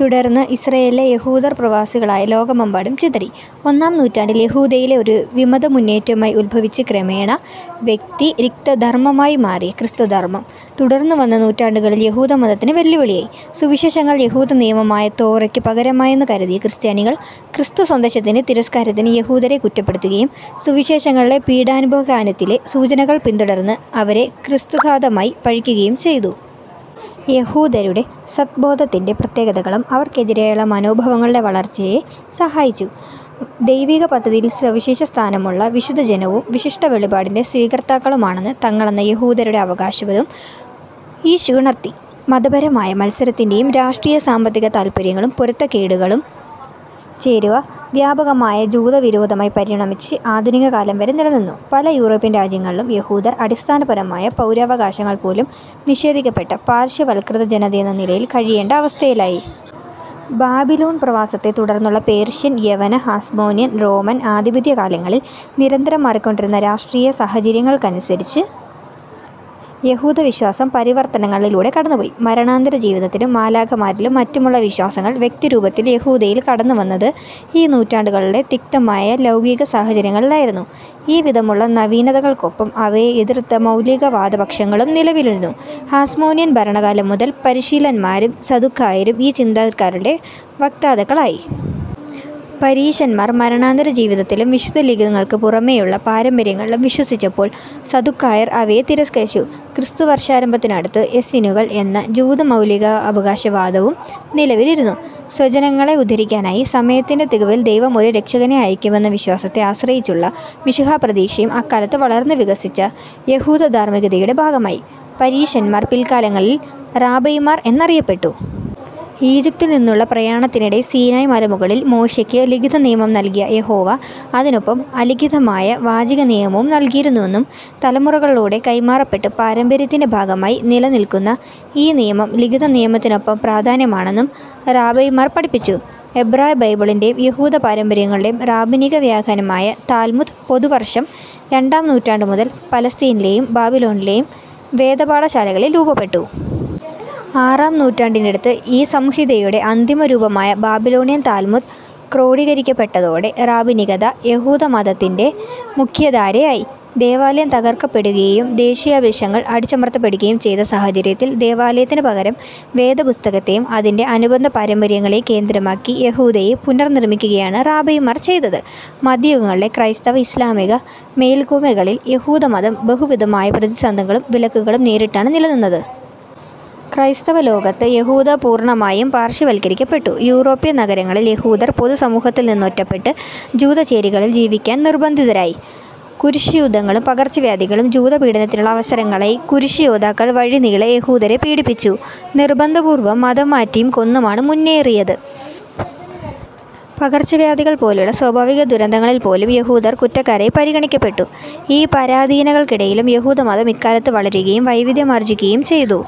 തുടർന്ന് ഇസ്രായേലിലെ യഹൂദർ പ്രവാസികളായി ലോകമെമ്പാടും ചിതറി. ഒന്നാം നൂറ്റാണ്ടിൽ യഹൂദതയിലെ ഒരു വിമതമുന്നേറ്റമായി ഉത്ഭവിച്ച് ക്രമേണ വ്യതിരിക്തധർമ്മമായി മാറിയ ക്രിസ്തുമതം, തുടർന്നു വന്ന നൂറ്റാണ്ടുകളിൽ യഹൂദമതത്തിനു വെല്ലുവിളിയായി. സുവിശേഷങ്ങൾ യഹൂദനിയമമായ തോറയ്ക്കു പകരമായെന്നു കരുതിയ ക്രിസ്ത്യാനികൾ, ക്രിസ്തുസന്ദേശത്തിന്റെ തിരസ്കാരത്തിനു യഹൂദരെ കുറ്റപ്പെടുത്തുകയും സുവിശേഷങ്ങളിലെ പീഡാനുഭവാഖ്യാനത്തിലെ സൂചനകൾ പിന്തുടർന്ന്, അവരെ ക്രിസ്തുഘാതകരായി പഴിക്കുകയും ചെയ്തു. യഹൂദരുടെ സ്വത്വബോധത്തിന്റെ പ്രത്യേകതകളും അവർക്കെതിരായുള്ള മനോഭാവങ്ങളുടെ വളർച്ചയെ സഹായിച്ചു. ദൈവികപദ്ധതിയിൽ സവിശേഷസ്ഥാനമുള്ള വിശുദ്ധജനവും, വിശിഷ്ടവെളിപാടിന്റെ സ്വീകർത്താക്കളുമാണു തങ്ങളെന്ന യഹൂദരുടെ അവകാശവാദം ഈർഷ്യയുണർത്തി. മതപരമായ മത്സരത്തിന്റെയും രാഷ്ട്രീയ-സാമ്പത്തിക താത്പര്യങ്ങളിലെ പൊരുത്തക്കേടുകളുടേയും ചേരുവ, വ്യാപകമായ ജൂതവിരോധമായി പരിണമിച്ച് ആധുനികകാലം വരെ നിലനിന്നു. പല യൂറോപ്യൻ രാജ്യങ്ങളിലും യഹൂദർ, അടിസ്ഥാനപരമായ പൗരാവകാശങ്ങൾ പോലും നിഷേധിക്കപ്പെട്ട പാർശ്വവൽക്കൃത ജനതയെന്ന നിലയിൽ കഴിയേണ്ട അവസ്ഥയിലായി. ബാബിലോൺ പ്രവാസത്തെ തുടർന്നുള്ള പേർഷ്യൻ, യവന, ഹാസ്മോനിയൻ, റോമൻ ആധിപത്യകാലങ്ങളിൽ നിരന്തരം മാറിക്കൊണ്ടിരുന്ന രാഷ്ട്രീയസാഹചര്യങ്ങൾക്കനുസരിച്ച് യഹൂദവിശ്വാസം പരിവർത്തനങ്ങളിലൂടെ കടന്നുപോയി. മരണാനന്തരജീവിതത്തിലും മാലാഖമാരിലും മറ്റുമുള്ള വിശ്വാസങ്ങൾ വ്യക്തരൂപത്തിൽ യഹൂദതയിൽ കടന്നു വന്നത് ഈ നൂറ്റാണ്ടുകളിലെ തിക്തമായ ലൗകികസാഹചര്യങ്ങളിലായിരുന്നു. ഈവിധമുള്ള നവീനതകൾക്കൊപ്പം അവയെ എതിർത്ത മൗലികവാദപക്ഷങ്ങളും നിലവിലിരുന്നു. ഹാസ്മോനിയൻ ഭരണകാലം മുതൽ, പരീശന്മാരും സദുക്കായരും ഈ ചിന്താധാരകളുടെ വക്താക്കളായി. പരീശന്മാർ മരണാനന്തരജീവിതത്തിലും വിശുദ്ധലിഖിതങ്ങൾക്കു പുറമേയുള്ള പാരമ്പര്യങ്ങളിലും വിശ്വസിച്ചപ്പോൾ സദുക്കായർ അവയെ തിരസ്കരിച്ചു. ക്രിസ്തുവർഷാരംഭത്തിനടുത്ത് എസ്സീനുകൾ എന്ന ജൂതമൗലികവാദിവിഭാഗവും നിലവിലിരുന്നു. സ്വജനങ്ങളെ ഉദ്ധരിക്കാനായി സമയത്തിന്റെ തികവിൽ ദൈവം ഒരു രക്ഷകനെ അയക്കുമെന്ന വിശ്വാസത്തെ ആശ്രയിച്ചുള്ള മിശിഹാപ്രതീക്ഷയും അക്കാലത്ത് വളർന്നു വികസിച്ച് യഹുദധാർമ്മികതയുടെ ഭാഗമായി. പരീശന്മാർ പിൽക്കാലങ്ങളിൽ റാബൈമാർ എന്നറിയപ്പെട്ടു. ഈജിപ്തിൽ നിന്നുള്ള പ്രയാണത്തിനിടെ സീനായ് മലമുകളിൽ മോശെക്ക് ലിഖിതനിയമം നൽകിയ യഹോവ അതിനൊപ്പം അലിഖിതമായ വാചികനിയമവും നൽകിയിരുന്നെന്നും തലമുറകളിലൂടെ കൈമാറപ്പെട്ട് പാരമ്പര്യത്തിന്റെ ഭാഗമായി നിലനിൽക്കുന്ന ഈ നിയമം ലിഖിതനിയമത്തിനൊപ്പം പ്രധാനമാണെന്നും റാബൈമാർ പഠിപ്പിച്ചു. എബ്രായബൈബിളിന്റേയും യഹൂദപാരമ്പര്യങ്ങളുടേയും റാബിനികവ്യാഖ്യാനമായ താൽമുദ് പൊതുവർഷം രണ്ടാം നൂറ്റാണ്ടു മുതൽ പലസ്തീനയിലേയും ബാബിലോണിലേയും വേദപാഠശാലകളിൽ രൂപപ്പെട്ടു. ആറാം നൂറ്റാണ്ടിനടുത്ത് ഈ സംഹിതയുടെ അന്തിമരൂപമായ "ബാബിലോണിയൻ താൽമുദ്" ക്രോഡീകരിക്കപ്പെട്ടതോടെ റാബിനികത, യഹൂദമതത്തിന്റെ മുഖ്യധാരയായി. ദേവാലയം തകർക്കപ്പെടുകയും ദേശീയാഭിലാഷങ്ങൾ അടിച്ചമർത്തപ്പെടുകയും ചെയ്ത സാഹചര്യത്തിൽ ദേവാലയത്തിനു പകരം വേദപുസ്തകത്തേയും അതിന്റെ അനുബന്ധപാരമ്പര്യങ്ങളേയും കേന്ദ്രമാക്കി യഹുദതയെ പുനർനിമ്മിക്കുകയാണ് റാബൈമാർ ചെയ്തത്. മദ്ധ്യയുഗങ്ങളിലെ ക്രൈസ്തവ, ഇസ്ലാമിക മേൽക്കോയ്മകളിൽ യഹൂദമതം ബഹുവിധമായ പ്രതിബന്ധങ്ങളും വിലക്കുകളും നേരിട്ടാണ് നിലനിന്നത്. ക്രൈസ്തവലോകത്ത് യഹുദത പൂർണ്ണമായും പാർശ്വവൽക്കരിക്കപ്പെട്ടു. യൂറോപ്യൻ നഗരങ്ങളിൽ യഹൂദർ പൊതുസമൂഹത്തിൽ നിന്ന് ഒറ്റപ്പെട്ട്, ജൂതച്ചേരികളിൽ ജീവിക്കാൻ നിർബ്ബന്ധിതരായി. കുരിശുയുദ്ധങ്ങളും പകർച്ചവ്യാധികളും, ജൂതപീഡനത്തിനുള്ള അവസരങ്ങളായി. കുരിശുയോദ്ധാക്കൾ വഴിനീളെ യഹൂദരെ പീഡിപ്പിച്ചും നിർബ്ബന്ധപൂർവം മതംമാറ്റിയും കൊന്നുമാണു മുന്നേറിയത്. പകർച്ചവ്യാധികൾ പോലുള്ള സ്വാഭാവികദുരന്തങ്ങളിൽ പോലും യഹൂദർ കുറ്റക്കാരായി പരിഗണിക്കപ്പെട്ടു. ഈ പരാധീനതകൾക്കിടയിലും യഹൂദമതം ഇക്കാലത്ത് വളരുകയും വൈവിദ്ധ്യമാർജ്ജിക്കുകയും ചെയ്തു.